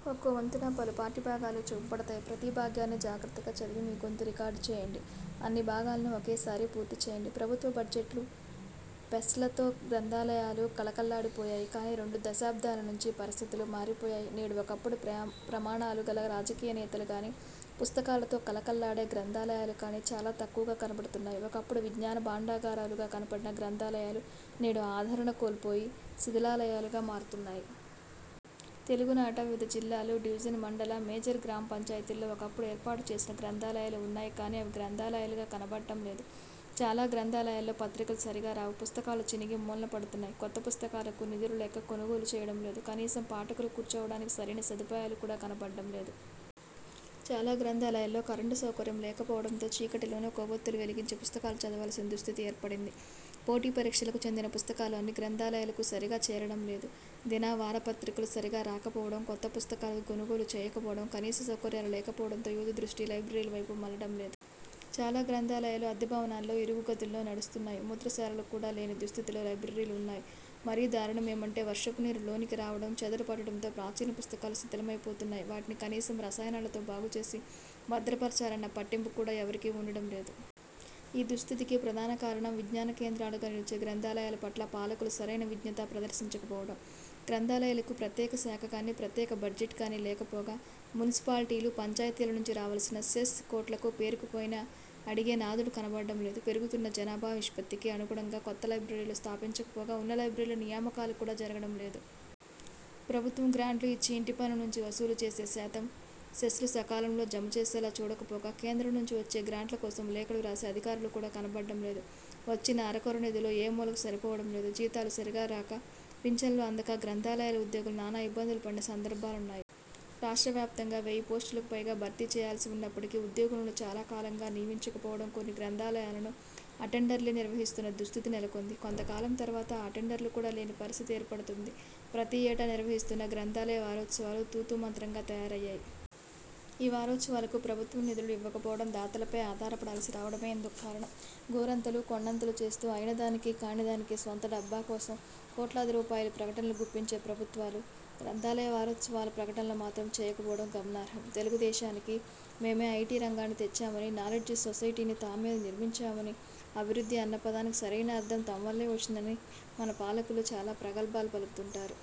ప్రభుత్వ బడ్జెట్లు, సెస్లతో గ్రంథాలయాలు కళకళలాడిపోయాయి. కాని రెండు దశాబ్దాల నుంచి పరిస్థితులు మారిపోయాయి. నేడు ఒకప్పటి ప్రమాణాలు గల రాజకీయ నేతలు కానీ, పుస్తకాలతో కళకళలాడే గ్రంథాలయాలు కానీ చాలా తక్కువగా కనపడుతున్నాయి. ఒకప్పుడు విజ్ఞాన భాండాగారాలుగా కనపడిన గ్రంథాలయాలు నేడు ఆదరణ కోల్పోయి శిథిలాలయాలుగా మారుతున్నాయి. తెలుగునాట వివిధ జిల్లాలు, డివిజన్, మండల, మేజర్ గ్రామపంచాయతీల్లో ఒకప్పుడు ఏర్పాటు చేసిన గ్రంథాలయాలు ఉన్నాయి కాని అవి గ్రంథాలయాలుగా కనపడడం లేదు. చాలా గ్రంథాలయాల్లో పత్రికలు సరిగా రావు. పుస్తకాలు చినిగి మూలపడుతున్నాయి. కొత్త పుస్తకాలకు నిధులు లేక కొనుగోలు చేయడం లేదు. కనీసం పాఠకులు కూర్చోవడానికి సరైన సదుపాయాలు కూడా కనపడడం లేదు. చాలా గ్రంథాలయాల్లో కరెంట్ సౌకర్యం లేకపోవడంతో చీకటిలోనే కొవ్వొత్తులు వెలిగించి పుస్తకాలు చదవాల్సిన దుస్థితి ఏర్పడింది. పోటీ పరీక్షలకు చెందిన పుస్తకాలు అన్ని గ్రంథాలయాలకూ సరిగా చేరడం లేదు. దిన, వారపత్రికలు సరిగా రాకపోవడం, కొత్త పుస్తకాలు కొనుగోలు చేయకపోవడం, కనీస సౌకర్యాలు లేకపోవడంతో యువత దృష్టి లైబ్రరీల వైపు మళ్లడం లేదు. చాలా గ్రంథాలయాలు అద్దె భవనాల్లో, ఇరుకు గదుల్లో నడుస్తున్నాయి. మూత్రశాలలు కూడా లేని దుస్థితిలో లైబ్రరీలు ఉన్నాయి. మరీ దారుణమేమంటే వర్షపు నీరు లోనికి రావడం, చెదలు పట్టడంతో ప్రాచీన పుస్తకాలు శిథిలమయి పోతున్నాయి. వాటిని కనీసం రసాయనాలతో బాగు చేసి భద్రపరచాలన్న పట్టింపు కూడా ఎవరికీ ఉండడం లేదు. ఈ దుస్థితికి ప్రధాన కారణం విజ్ఞాన కేంద్రాలుగా నిలిచే గ్రంథాలయాల పట్ల పాలకులు సరైన విజ్ఞత ప్రదర్శించకపోవడం. గ్రంథాలయాలకు ప్రత్యేక శాఖ కానీ, ప్రత్యేక బడ్జెట్ కానీ లేకపోగా, మునిసిపాలిటీలు, పంచాయతీల నుంచి రావల్సిన సెస్ కోట్లకు పేరుకుపోయినా అడిగే నాథుడు కనపడడం లేదు. పెరుగుతున్న జనాభా నిష్పత్తికి అనుగుణంగా కొత్త లైబ్రరీలు స్థాపించకపోగా ఉన్న లైబ్రరీల్లో నియామకాలుకూడా జరగడం లేదు. ప్రభుత్వం గ్రాంట్లు ఇచ్చి, ఇంటిపన్ను నుంచి వసూలు చేసే శాతం సెస్లు సకాలంలో జమచేసేలా చూడకపోగా, కేంద్రం నుంచి వచ్చే గ్రాంట్ల కోసం లేఖలు రాసే అధికారులు కూడా కనపడడం లేదు. వచ్చిన అరకొర నిధులు ఏమూలకూ సరిపోవడం లేదు. జీతాలు సరిగా రాక, పింఛన్లు అందక గ్రంథాలయాల ఉద్యోగులు నానా ఇబ్బందులు పడిన సందర్భాలున్నాయి. రాష్ట్ర వ్యాప్తంగా వేయి పోస్టులకు పైగా భర్తీ చేయాల్సి ఉన్నప్పటికీ ఉద్యోగులను చాలా కాలంగా నియమించకపోవడం కొన్ని గ్రంథాలయాలను అటెండర్లే నిర్వహిస్తున్న దుస్థితి నెలకొంది. కొంతకాలం తర్వాత ఆ అటెండర్లు కూడా లేని పరిస్థితి ఏర్పడుతుంది. ప్రతి ఏటా నిర్వహిస్తున్న గ్రంథాలయ వారోత్సవాలు తూతూ మంత్రంగా తయారయ్యాయి. ఈ వారోత్సవాలకు ప్రభుత్వం నిధులు ఇవ్వకపోవడం, దాతలపై ఆధారపడాల్సి రావడమే ఇందుకు కారణం. గోరంతలు కొండంతలు చేస్తూ అయిన దానికీ కాని దానికీ స్వంత డబ్బా కోసం కోట్లాది రూపాయలు ప్రకటనలు గుప్పించే ప్రభుత్వాలు గ్రంథాలయ వారోత్సవాల ప్రకటనలు మాత్రం చేయకపోవడం గమనార్హం. తెలుగుదేశానికి మేమే ఐటీ రంగాన్ని తెచ్చామని, నాలెడ్జి సొసైటీని తామే నిర్మించామని, అభివృద్ధి అన్న పదానికి సరైన అర్థం తమ వల్లే వచ్చిందని మన పాలకులు చాలా ప్రగల్భాలు పలుకుతుంటారు.